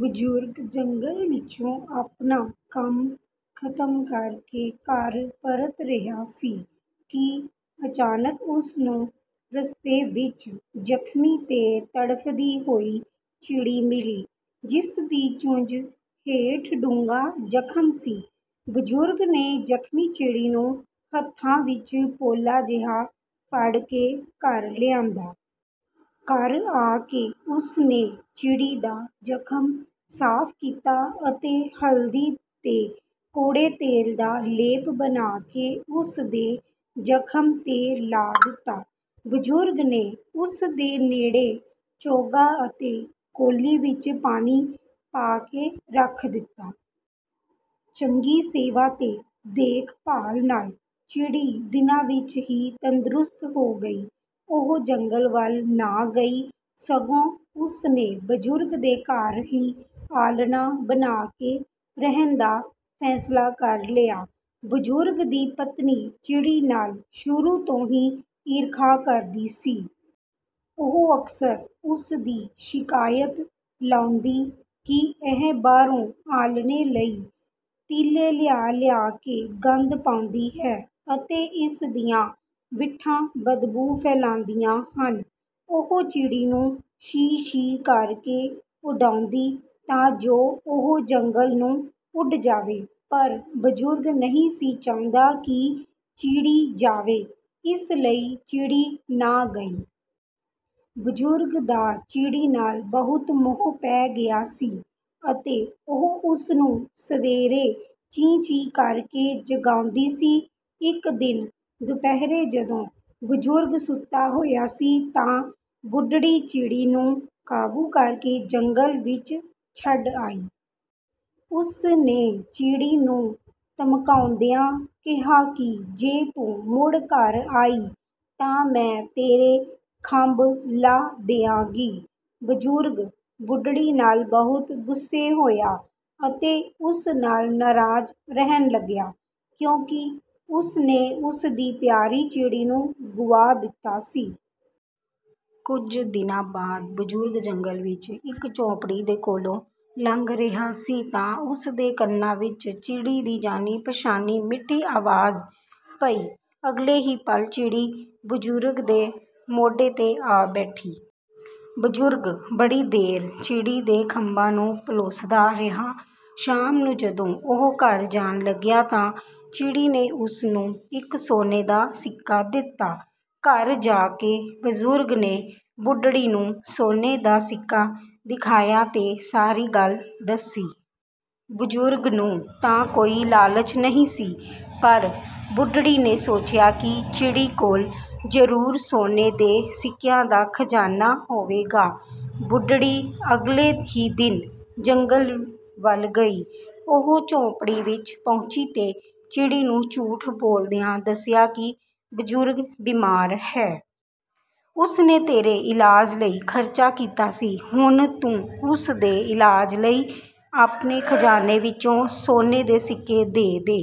ਬਜ਼ੁਰਗ ਜੰਗਲ ਵਿੱਚੋਂ ਆਪਣਾ ਕੰਮ ਖ਼ਤਮ ਕਰ ਕੇ ਘਰ ਪਰਤ ਰਿਹਾ ਸੀ ਕਿ ਅਚਾਨਕ ਉਸ ਨੂੰ ਰਸਤੇ ਵਿੱਚ ਜ਼ਖ਼ਮੀ ਤੇ ਤੜਫਦੀ ਹੋਈ ਚਿੜੀ ਮਿਲੀ, ਜਿਸ ਦੀ ਚੁੰਝ ਹੇਠ ਡੂੰਘਾ ਜ਼ਖ਼ਮ ਸੀ। ਬਜ਼ੁਰਗ ਨੇ ਜ਼ਖ਼ਮੀ ਚਿੜੀ ਨੂੰ ਹੱਥਾਂ ਵਿੱਚ ਪੋਲਾ ਜਿਹਾ ਫੜ ਕੇ ਘਰ ਲਿਆਂਦਾ। ਘਰ ਆ ਕੇ ਉਸ ਨੇ ਚਿੜੀ ਦਾ ਜ਼ਖ਼ਮ ਸਾਫ਼ ਕੀਤਾ ਅਤੇ ਹਲਦੀ ਤੇ ਕੌੜੇ ਤੇਲ ਦਾ ਲੇਪ ਬਣਾ ਕੇ ਉਸ ਦੇ ਜ਼ਖ਼ਮ 'ਤੇ ਲਾ ਦਿੱਤਾ। ਬਜ਼ੁਰਗ ਨੇ ਉਸ ਦੇ ਨੇੜੇ ਚੋਗਾ ਅਤੇ ਕੌਲੀ ਵਿੱਚ ਪਾਣੀ ਪਾ ਕੇ ਰੱਖ ਦਿੱਤਾ। ਚੰਗੀ ਸੇਵਾ ਤੇ ਦੇਖ-ਭਾਲ ਨਾਲ ਚਿੜੀ ਦਿਨਾਂ ਵਿੱਚ ਹੀ ਤੰਦਰੁਸਤ ਹੋ ਗਈ। ਉਹ ਜੰਗਲ ਵੱਲ ਨਾ ਗਈ, ਸਗੋਂ ਉਸ ਨੇ ਬਜ਼ੁਰਗ ਦੇ ਘਰ ਹੀ ਆਲ੍ਹਣਾ ਬਣਾ ਕੇ ਰਹਿਣ ਦਾ ਫ਼ੈਸਲਾ ਕਰ ਲਿਆ। ਬਜ਼ੁਰਗ ਦੀ ਪਤਨੀ ਚਿੜੀ ਨਾਲ ਸ਼ੁਰੂ ਤੋਂ ਹੀ ਈਰਖ਼ਾ ਕਰਦੀ ਸੀ। ਉਹ ਅਕਸਰ ਉਸ ਦੀ ਸ਼ਿਕਾਇਤ ਲਾਉਂਦੀ ਕਿ ਇਹ ਬਾਹਰੋਂ ਆਲ੍ਹਣੇ ਲਈ ਤੀਲੇ ਲਿਆ-ਲਿਆ ਕੇ ਗੰਦ ਪਾਉਂਦੀ ਹੈ ਅਤੇ ਇਸ ਦੀਆਂ ਵਿੱਠਾਂ ਬਦਬੂ ਫੈਲਾਉਂਦੀਆਂ ਹਨ। ਉਹ ਚਿੜੀ ਨੂੰ 'ਸ਼ੀ-ਸ਼ੀ' ਕਰ ਕੇ ਉਡਾਉਂਦੀ ਤਾਂ ਜੋ ਉਹ ਜੰਗਲ ਨੂੰ ਉੱਡ ਜਾਵੇ, ਪਰ ਬਜ਼ੁਰਗ ਨਹੀਂ ਸੀ ਚਾਹੁੰਦਾ ਕਿ ਚਿੜੀ ਜਾਵੇ, ਇਸ ਲਈ ਚਿੜੀ ਨਾ ਗਈ। ਬਜ਼ੁਰਗ ਦਾ ਚਿੜੀ ਨਾਲ ਬਹੁਤ ਮੋਹ ਪੈ ਗਿਆ ਸੀ ਅਤੇ ਉਹ ਉਸ ਨੂੰ ਸਵੇਰੇ 'ਚੀਂ-ਚੀਂ' ਕਰ ਕੇ ਜਗਾਉਂਦੀ ਸੀ। ਇੱਕ ਦਿਨ ਦੁਪਹਿਰੇ ਜਦੋਂ ਬਜ਼ੁਰਗ ਸੁੱਤਾ ਹੋਇਆ ਸੀ, ਤਾਂ ਬੁੱਢੜੀ ਚਿੜੀ ਨੂੰ ਕਾਬੂ ਕਰ ਕੇ ਜੰਗਲ ਵਿੱਚ ਛੱਡ ਆਈ। ਉਸ ਨੇ ਚਿੜੀ ਨੂੰ ਧਮਕਾਉਂਦਿਆਂ ਕਿਹਾ ਕਿ ਜੇ ਤੂੰ ਮੁੜ ਘਰ ਆਈ ਤਾਂ ਮੈਂ ਤੇਰੇ ਖੰਭ ਲਾਹ ਦਿਆਂਗੀ। ਬਜ਼ੁਰਗ ਬੁੱਢੜੀ ਨਾਲ ਬਹੁਤ ਗੁੱਸੇ ਹੋਇਆ ਅਤੇ ਉਸ ਨਾਲ ਨਾਰਾਜ਼ ਰਹਿਣ ਲੱਗਿਆ, ਕਿਉਂਕਿ ਉਸ ਨੇ ਉਸ ਦੀ ਪਿਆਰੀ ਚਿੜੀ ਨੂੰ ਗੁਆ ਦਿੱਤਾ ਸੀ। ਕੁਝ ਦਿਨਾਂ ਬਾਅਦ, ਬਜ਼ੁਰਗ ਜੰਗਲ ਵਿੱਚ ਇੱਕ ਝੌਂਪੜੀ ਦੇ ਕੋਲੋਂ ਲੰਘ ਰਿਹਾ ਸੀ ਤਾਂ ਉਸ ਦੇ ਕੰਨਾਂ ਵਿੱਚ ਚਿੜੀ ਦੀ ਜਾਣੀ-ਪਛਾਣੀ ਮਿੱਠੀ ਆਵਾਜ਼ ਪਈ। ਅਗਲੇ ਹੀ ਪਲ਼ ਚਿੜੀ ਬਜ਼ੁਰਗ ਦੇ ਮੋਢੇ 'ਤੇ ਆ ਬੈਠੀ। ਬਜ਼ੁਰਗ ਬੜੀ ਦੇਰ ਚਿੜੀ ਦੇ ਖੰਭਾਂ ਨੂੰ ਪਲੋਸਦਾ ਰਿਹਾ। ਸ਼ਾਮ ਨੂੰ ਜਦੋਂ ਉਹ ਘਰ ਜਾਣ ਲੱਗਿਆ ਤਾਂ ਚਿੜੀ ਨੇ ਉਸ ਨੂੰ ਇੱਕ ਸੋਨੇ ਦਾ ਸਿੱਕਾ ਦਿੱਤਾ। ਘਰ ਜਾ ਕੇ ਬਜ਼ੁਰਗ ਨੇ ਬੁੱਢੜੀ ਨੂੰ ਸੋਨੇ ਦਾ ਸਿੱਕਾ ਦਿਖਾਇਆ ਤੇ ਸਾਰੀ ਗੱਲ ਦੱਸੀ। ਬਜ਼ੁਰਗ ਨੂੰ ਤਾਂ ਕੋਈ ਲਾਲਚ ਨਹੀਂ ਸੀ, ਪਰ ਬੁੱਢੜੀ ਨੇ ਸੋਚਿਆ ਕਿ ਚਿੜੀ ਕੋਲ ਜ਼ਰੂਰ ਸੋਨੇ ਦੇ ਸਿੱਕਿਆਂ ਦਾ ਖ਼ਜ਼ਾਨਾ ਹੋਵੇਗਾ। ਬੁੱਢੜੀ ਅਗਲੇ ਹੀ ਦਿਨ ਜੰਗਲ ਵੱਲ ਗਈ। ਉਹ ਝੌਂਪੜੀ ਵਿੱਚ ਪਹੁੰਚੀ ਤੇ ਚਿੜੀ ਨੂੰ ਝੂਠ ਬੋਲਦਿਆਂ ਦੱਸਿਆ ਕਿ ਬਜ਼ੁਰਗ ਬੀਮਾਰ ਹੈ। ਉਸ ਨੇ ਤੇਰੇ ਇਲਾਜ ਲਈ ਖ਼ਰਚਾ ਕੀਤਾ ਸੀ, ਹੁਣ ਤੂੰ ਉਸ ਦੇ ਇਲਾਜ ਲਈ ਆਪਣੇ ਖ਼ਜ਼ਾਨੇ ਵਿੱਚੋਂ ਸੋਨੇ ਦੇ ਸਿੱਕੇ ਦੇ ਦੇ।